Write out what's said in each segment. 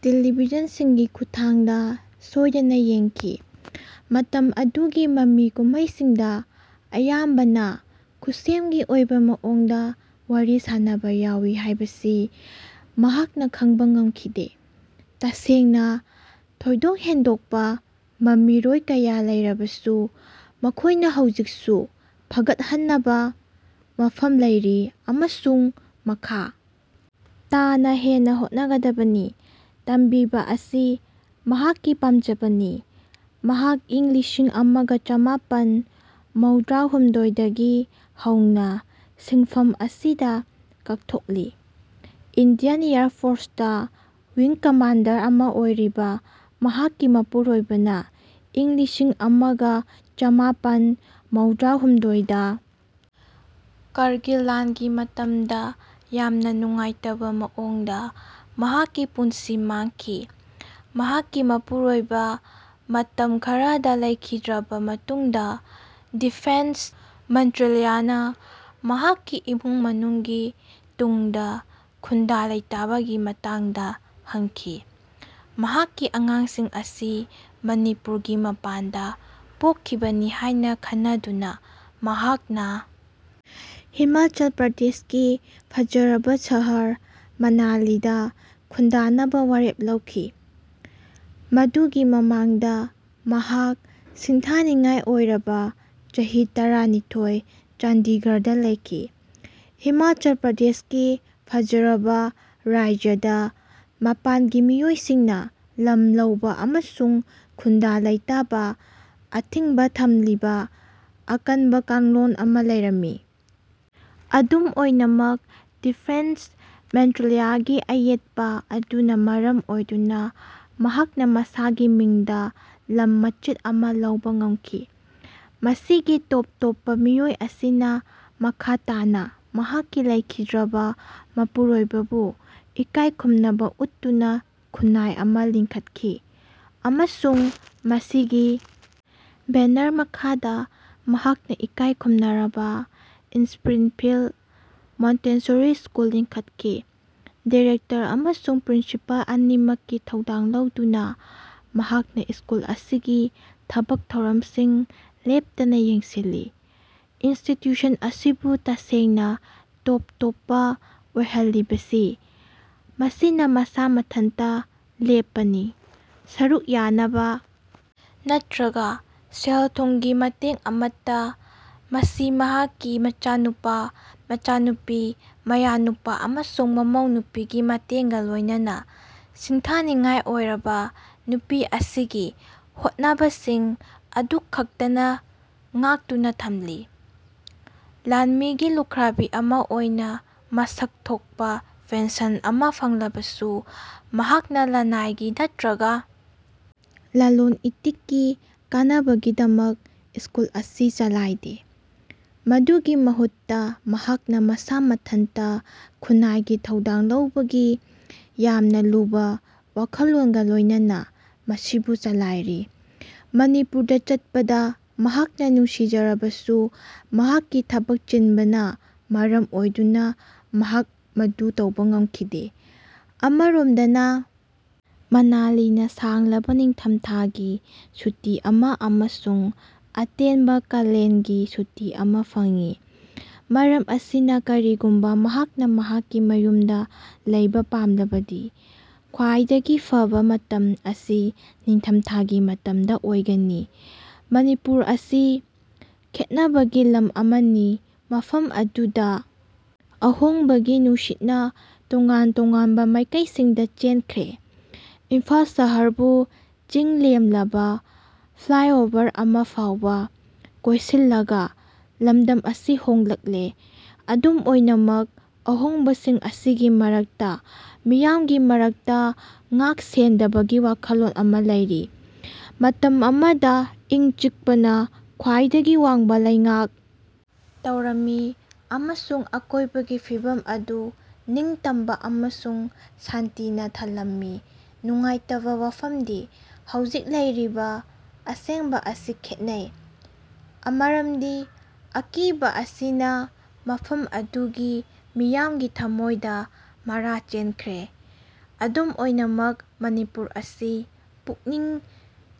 Television ꯁꯤꯡꯒꯤ ꯈꯨꯠꯊꯥꯡꯗ ꯁꯣꯏꯗꯅ ꯌꯦꯡꯈꯤ꯫ ꯃꯇꯝ ꯑꯗꯨꯒꯤ ꯃꯃꯤ ꯀꯨꯝꯍꯩꯁꯤꯡꯗ ꯑꯌꯥꯝꯕꯅ ꯈꯨꯠꯁꯦꯝꯒꯤ ꯑꯣꯏꯕ ꯃꯑꯣꯡꯗ ꯋꯥꯔꯤ ꯁꯥꯅꯕ ꯌꯥꯎꯋꯤ ꯍꯥꯏꯕꯁꯤ ꯃꯍꯥꯛꯅ ꯈꯡꯕ ꯉꯝꯈꯤꯗꯦ꯫ ꯇꯁꯦꯡꯅ ꯊꯣꯏꯗꯣꯛ ꯍꯦꯟꯗꯣꯛꯄ ꯃꯃꯤꯔꯣꯏ ꯀꯌꯥ ꯂꯩꯔꯕꯁꯨ, ꯃꯈꯣꯏꯅ ꯍꯧꯖꯤꯛꯁꯨ ꯐꯒꯠꯍꯟꯅꯕ ꯃꯐꯝ ꯂꯩꯔꯤ ꯑꯃꯁꯨꯡ ꯃꯈꯥ ꯇꯥꯅ ꯍꯦꯟꯅ ꯍꯣꯠꯅꯒꯗꯕꯅꯤ꯫ ꯇꯝꯕꯤꯕ ꯑꯁꯤ ꯃꯍꯥꯛꯀꯤ ꯄꯥꯝꯖꯕꯅꯤ꯫ ꯃꯍꯥꯛ ꯏꯪ ꯂꯤꯁꯤꯡ ꯑꯃꯒ ꯆꯃꯥꯄꯟ ꯃꯧꯗ꯭ꯔꯥꯍꯨꯝꯗꯣꯢ ꯗꯒꯤ ꯍꯧꯅ ꯁꯤꯟꯐꯝ ꯑꯁꯤꯗ ꯀꯠꯊꯣꯛꯂꯤ꯫ Indian air force wing commander ꯑꯃꯥ ꯑꯣꯏꯔꯤꯕ ꯃꯍꯥꯛꯀꯤ ꯃꯄꯨꯔꯣꯏꯕꯅ ꯏꯪ ꯂꯤꯁꯤꯡ ꯑꯃꯒ ꯆꯃꯥꯄꯟ ꯃꯧꯗ꯭ꯔꯥꯍꯨꯝꯗꯣꯢ ꯗ ꯀꯥꯔꯒꯤꯜ ꯂꯥꯟꯒꯤ ꯃꯇꯝꯗ ꯌꯥꯝꯅ ꯅꯨꯡꯉꯥꯏꯇꯕ ꯃꯑꯣꯡꯗ ꯃꯍꯥꯛꯀꯤ ꯄꯨꯟꯁꯤ ꯃꯥꯡꯈꯤ꯫ ꯃꯍꯥꯛꯀꯤ ꯃꯄꯨꯔꯣꯏꯕ ꯃꯇꯝ ꯈꯔꯗ ꯂꯩꯈꯤꯗ꯭ꯔꯕ ꯃꯇꯨꯡꯗ ꯗꯤꯐꯦꯟ꯭ꯁ ꯃꯟꯇ꯭ꯔꯥꯂꯌꯅ ꯃꯍꯥꯛꯀꯤ ꯏꯃꯨꯡ ꯃꯅꯨꯡꯒꯤ ꯇꯨꯡꯗ ꯈꯨꯟꯗꯥ-ꯂꯩꯇꯥꯕꯒꯤ ꯃꯇꯥꯡꯗ ꯍꯪꯈꯤ꯫ ꯃꯍꯥꯛꯀꯤ ꯑꯉꯥꯡꯁꯤꯡ ꯑꯁꯤ ꯃꯅꯤꯄꯨꯔꯒꯤ ꯃꯄꯥꯟꯗ ꯄꯣꯛꯈꯤꯕꯅꯤ ꯍꯥꯏꯅ ꯈꯟꯅꯗꯨꯅ, ꯃꯍꯥꯛꯅ ꯍꯤꯃꯥꯆꯜ ꯄ꯭ꯔꯗꯦꯁꯀꯤ ꯐꯖꯔꯕ ꯁꯍꯔ ꯃꯅꯥꯂꯤꯗ ꯈꯨꯟꯗꯥꯅꯕ ꯋꯥꯔꯦꯞ ꯂꯧꯈꯤ꯫ ꯃꯗꯨꯒꯤ ꯃꯃꯥꯡꯗ ꯃꯍꯥꯛ ꯁꯤꯡꯊꯥꯅꯤꯡꯉꯥꯏ ꯑꯣꯏꯔꯕ ꯆꯍꯤ ꯇꯔꯥꯅꯤꯊꯣꯢ ꯆꯟꯗꯤꯒꯔꯗ ꯂꯩꯈꯤ꯫ ꯍꯤꯃꯥꯆꯜ ꯄ꯭ꯔꯗꯦꯁꯀꯤ ꯐꯖꯔꯕ ꯔꯥꯢꯖ꯭ꯌꯗ ꯃꯄꯥꯟꯒꯤ ꯃꯤꯑꯣꯏꯁꯤꯡꯅ ꯂꯝ ꯂꯧꯕ ꯑꯃꯁꯨꯡ ꯈꯨꯟꯗꯥ-ꯂꯩꯇꯥꯕ ꯑꯊꯤꯡꯕ ꯊꯝꯂꯤꯕ ꯑꯀꯟꯕ ꯀꯥꯡꯂꯣꯟ ꯑꯃ ꯂꯩꯔꯝꯃꯤ꯫ ꯑꯗꯨꯝ ꯑꯣꯏꯅꯃꯛ, ꯗꯤꯐꯦꯟ꯭ꯁ ꯃꯦꯟꯇ꯭ꯔꯥꯂꯌꯒꯤ ꯑꯌꯦꯠꯄ ꯑꯗꯨꯅ ꯃꯔꯝ ꯑꯣꯏꯗꯨꯅ ꯃꯍꯥꯛꯅ ꯃꯁꯥꯒꯤ ꯃꯤꯡꯗ ꯂꯝ ꯃꯆꯦꯠ ꯑꯃ ꯂꯧꯕ ꯉꯝꯈꯤ꯫ ꯃꯁꯤꯒꯤ ꯇꯣꯞ-ꯇꯣꯞꯄ ꯃꯤꯑꯣꯏ ꯑꯁꯤꯅ ꯃꯈꯥ ꯇꯥꯅ ꯃꯍꯥꯛꯀꯤ ꯂꯩꯈꯤꯗ꯭ꯔꯕ ꯃꯄꯨꯔꯣꯏꯕꯕꯨ ꯏꯀꯥꯏ ꯈꯨꯝꯅꯕ ꯎꯠꯇꯨꯅ ꯈꯨꯟꯅꯥꯏ ꯑꯃ ꯂꯤꯡꯈꯠꯈꯤ, ꯑꯃꯁꯨꯡ ꯃꯁꯤꯒꯤ ꯕꯦꯅꯔ ꯃꯈꯥꯗ ꯃꯍꯥꯛꯅ ꯏꯀꯥꯏ ꯈꯨꯝꯅꯔꯕ 'ꯢꯟꯁꯄ꯭ꯔꯤꯡꯐꯤꯜꯗ ꯃꯣꯟꯇꯦꯁꯣꯔꯤ ꯁ꯭ꯀꯨꯜ' ꯂꯤꯡꯈꯠꯈꯤ꯫ ꯗꯤꯔꯦꯛꯇꯔ ꯑꯃꯁꯨꯡ ꯄ꯭ꯔꯤꯟꯁꯤꯄꯜ ꯑꯅꯤꯃꯛꯀꯤ ꯊꯧꯗꯥꯡ ꯂꯧꯗꯨꯅ, ꯃꯍꯥꯛꯅ ꯁ꯭ꯀꯨꯜ ꯑꯁꯤꯒꯤ ꯊꯕꯛ ꯊꯧꯔꯝꯁꯤꯡ ꯂꯦꯞꯇꯅ ꯌꯦꯡꯁꯤꯜꯂꯤ꯫ ꯏꯟꯁꯇꯤꯇ꯭ꯌꯨꯁꯟ ꯑꯁꯤꯕꯨ ꯇꯁꯦꯡꯅ ꯇꯣꯞ-ꯇꯣꯞꯄ ꯑꯣꯏꯍꯜꯂꯤꯕꯁꯤ ꯃꯁꯤꯅ ꯃꯁꯥ ꯃꯊꯟꯇ ꯂꯦꯞꯄꯅꯤ, ꯁꯔꯨꯛ ꯌꯥꯅꯕ ꯅꯠꯇ꯭ꯔꯒ ꯁꯦꯜ-ꯊꯨꯝꯒꯤ ꯃꯇꯦꯡ ꯑꯃꯠꯇ ꯃꯁꯤ ꯃꯍꯥꯛꯀꯤ ꯃꯆꯥꯅꯨꯄꯥ, ꯃꯆꯥꯅꯨꯄꯤ, ꯃꯌꯥꯅꯨꯄꯥ ꯑꯃꯁꯨꯡ ꯃꯃꯧꯅꯨꯄꯤꯒꯤ ꯃꯇꯦꯡꯒ ꯂꯣꯏꯅꯅ ꯁꯤꯡꯊꯥꯅꯤꯡꯉꯥꯏ ꯑꯣꯏꯔꯕ ꯅꯨꯄꯤ ꯑꯁꯤꯒꯤ ꯍꯣꯠꯅꯕꯁꯤꯡ ꯑꯗꯨꯈꯛꯇꯅ ꯉꯥꯛꯇꯨꯅ ꯊꯝꯂꯤ꯫ ꯂꯥꯟꯃꯤꯒꯤ ꯂꯨꯈ꯭ꯔꯥꯕꯤ ꯑꯃ ꯑꯣꯏꯅ ꯃꯁꯛ ꯊꯣꯛꯄ ꯄꯦꯟꯁꯟ ꯑꯃ ꯐꯪꯂꯕꯁꯨ, ꯃꯍꯥꯛꯅ ꯂꯅꯥꯏꯒꯤ ꯅꯠꯇ꯭ꯔꯒ ꯂꯂꯣꯟ-ꯏꯇꯤꯛꯀꯤ ꯀꯥꯟꯅꯕꯒꯤꯗꯃꯛ ꯁ꯭ꯀꯨꯜ ꯑꯁꯤ ꯆꯂꯥꯏꯗꯦ꯫ ꯃꯗꯨꯒꯤ ꯃꯍꯨꯠꯇ ꯃꯍꯥꯛꯅ ꯃꯁꯥ ꯃꯊꯟꯇ ꯈꯨꯟꯅꯥꯏꯒꯤ ꯊꯧꯗꯥꯡ ꯂꯧꯕꯒꯤ ꯌꯥꯝꯅ ꯂꯨꯕ ꯋꯥꯈꯜꯂꯣꯟꯒ ꯂꯣꯏꯅꯅ ꯃꯁꯤꯕꯨ ꯆꯂꯥꯏꯔꯤ꯫ ꯃꯅꯤꯄꯨꯔꯗ ꯆꯠꯄꯗ ꯃꯍꯥꯛꯅ ꯅꯨꯡꯁꯤꯖꯔꯕꯁꯨ ꯃꯍꯥꯛꯀꯤ ꯊꯕꯛ ꯆꯤꯟꯕꯅ ꯃꯔꯝ ꯑꯣꯏꯗꯨꯅ ꯃꯍꯥꯛ ꯃꯗꯨ ꯇꯧꯕ ꯉꯝꯈꯤꯗꯦ꯫ ꯑꯃꯔꯣꯝꯗꯅ ꯃꯅꯥꯂꯤꯅ ꯁꯥꯡꯂꯕ ꯅꯤꯡꯊꯝꯊꯥꯒꯤ ꯁꯨꯇꯤ ꯑꯃ ꯑꯃꯁꯨꯡ ꯑꯇꯦꯟꯕ ꯀꯥꯂꯦꯟꯒꯤ ꯁꯨꯇꯤ ꯑꯃ ꯐꯪꯏ꯫ ꯃꯔꯝ ꯑꯁꯤꯅ ꯀꯔꯤꯒꯨꯝꯕ ꯃꯍꯥꯛꯅ ꯃꯍꯥꯛꯀꯤ ꯃꯌꯨꯝꯗ ꯂꯩꯕ ꯄꯥꯝꯂꯕꯗꯤ ꯈ꯭ꯋꯥꯏꯗꯒꯤ ꯐꯕ ꯃꯇꯝ ꯑꯁꯤ ꯅꯤꯡꯊꯝꯊꯥꯒꯤ ꯃꯇꯝꯗ ꯑꯣꯏꯒꯅꯤ꯫ ꯃꯅꯤꯄꯨꯔ ꯑꯁꯤ ꯈꯦꯠꯅꯕꯒꯤ ꯂꯝ ꯑꯃꯅꯤ ꯃꯐꯝ ꯑꯗꯨꯗ ꯑꯍꯣꯡꯕꯒꯤ ꯅꯨꯡꯁꯤꯠꯅ ꯇꯣꯉꯥꯟ ꯇꯣꯉꯥꯟꯕ ꯃꯥꯏꯀꯩꯁꯤꯡꯗ ꯆꯦꯟꯈ꯭ꯔꯦ꯫ ꯏꯝꯐꯥꯜ ꯁꯍꯔꯕꯨ ꯆꯤꯡꯂꯦꯝꯂꯕ ꯐ꯭ꯂꯥꯏꯑꯣꯕꯔ ꯑꯃ ꯐꯥꯎꯕ ꯀꯣꯏꯁꯤꯜꯂꯒ ꯂꯝꯗꯝ ꯑꯁꯤ ꯍꯣꯡꯂꯛꯂꯦ꯫ ꯑꯗꯨꯝ ꯑꯣꯏꯅꯃꯛ ꯑꯍꯣꯡꯕꯁꯤꯡ ꯑꯁꯤꯒꯤ ꯃꯔꯛꯇ ꯃꯤꯌꯥꯝꯒꯤ ꯃꯔꯛꯇ ꯉꯥꯛ-ꯁꯦꯟꯗꯕꯒꯤ ꯋꯥꯈꯜꯂꯣꯟ ꯑꯃ ꯂꯩꯔꯤ꯫ ꯃꯇꯝ ꯑꯃꯗ ꯏꯪ-ꯆꯤꯛꯄꯅ ꯈ꯭ꯋꯥꯏꯗꯒꯤ ꯋꯥꯡꯕ ꯂꯩꯉꯥꯛ ꯇꯧꯔꯝꯃꯤ ꯑꯃꯁꯨꯡ ꯑꯀꯣꯏꯕꯒꯤ ꯐꯤꯚꯝ ꯑꯗꯨ ꯅꯤꯡꯇꯝꯕ ꯑꯃꯁꯨꯡ ꯁꯥꯟꯇꯤꯅ ꯊꯜꯂꯝꯃꯤ꯫ ꯅꯨꯡꯉꯥꯏꯇꯕ ꯋꯥꯐꯝꯗꯤ ꯍꯧꯖꯤꯛ ꯂꯩꯔꯤꯕ ꯑꯁꯦꯡꯕ ꯑꯁꯤ ꯈꯦꯠꯅꯩ ꯑꯃꯔꯝꯗꯤ ꯑꯀꯤꯕ ꯑꯁꯤꯅ ꯃꯐꯝ ꯑꯗꯨꯒꯤ ꯃꯤꯌꯥꯝꯒꯤ ꯊꯃꯣꯏꯗ ꯃꯔꯥ ꯆꯦꯟꯈ꯭ꯔꯦ꯫ ꯑꯗꯨꯝ ꯑꯣꯏꯅꯃꯛ ꯃꯅꯤꯄꯨꯔ ꯑꯁꯤ ꯄꯨꯛꯅꯤꯡ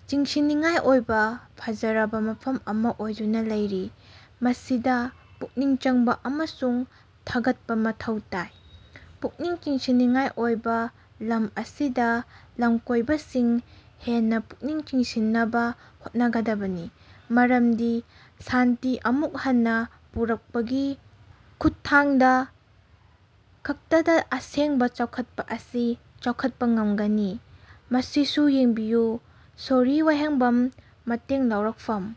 ꯆꯤꯡꯁꯤꯟꯅꯤꯡꯉꯥꯏ ꯑꯣꯏꯕ ꯐꯖꯔꯕ ꯃꯐꯝ ꯑꯃ ꯑꯣꯏꯗꯨꯅ ꯂꯩꯔꯤ꯫ ꯃꯁꯤꯗ ꯄꯨꯛꯅꯤꯡ ꯆꯪꯕ ꯑꯃꯁꯨꯡ ꯊꯥꯒꯠꯄ ꯃꯊꯧ ꯇꯥꯏ꯫ ꯄꯨꯛꯅꯤꯡ ꯆꯤꯡꯁꯤꯟꯅꯤꯡꯉꯥꯏ ꯑꯣꯏꯕ ꯂꯝ ꯑꯁꯤꯗ ꯂꯝꯀꯣꯏꯕꯁꯤꯡ ꯍꯦꯟꯅ ꯄꯨꯛꯅꯤꯡ ꯆꯤꯡꯁꯤꯟꯅꯕ ꯍꯣꯠꯅꯒꯗꯕꯅꯤ꯫ ꯃꯔꯝꯗꯤ ꯁꯥꯟꯇꯤ ꯑꯃꯨꯛ ꯍꯟꯅ ꯄꯨꯔꯛꯄꯒꯤ ꯈꯨꯠꯊꯥꯡꯗ ꯈꯛꯇꯗ ꯑꯁꯦꯡꯕ ꯆꯥꯎꯈꯠꯄ ꯑꯁꯤ ꯆꯥꯎꯈꯠꯄ ꯉꯝꯒꯅꯤ꯫ ꯃꯁꯤꯁꯨ ꯌꯦꯡꯕꯤꯌꯨ ꯁꯣꯔꯤ ꯋꯥꯍꯦꯡꯕꯝ, ꯃꯇꯦꯡ ꯂꯧꯔꯛꯐꯝ।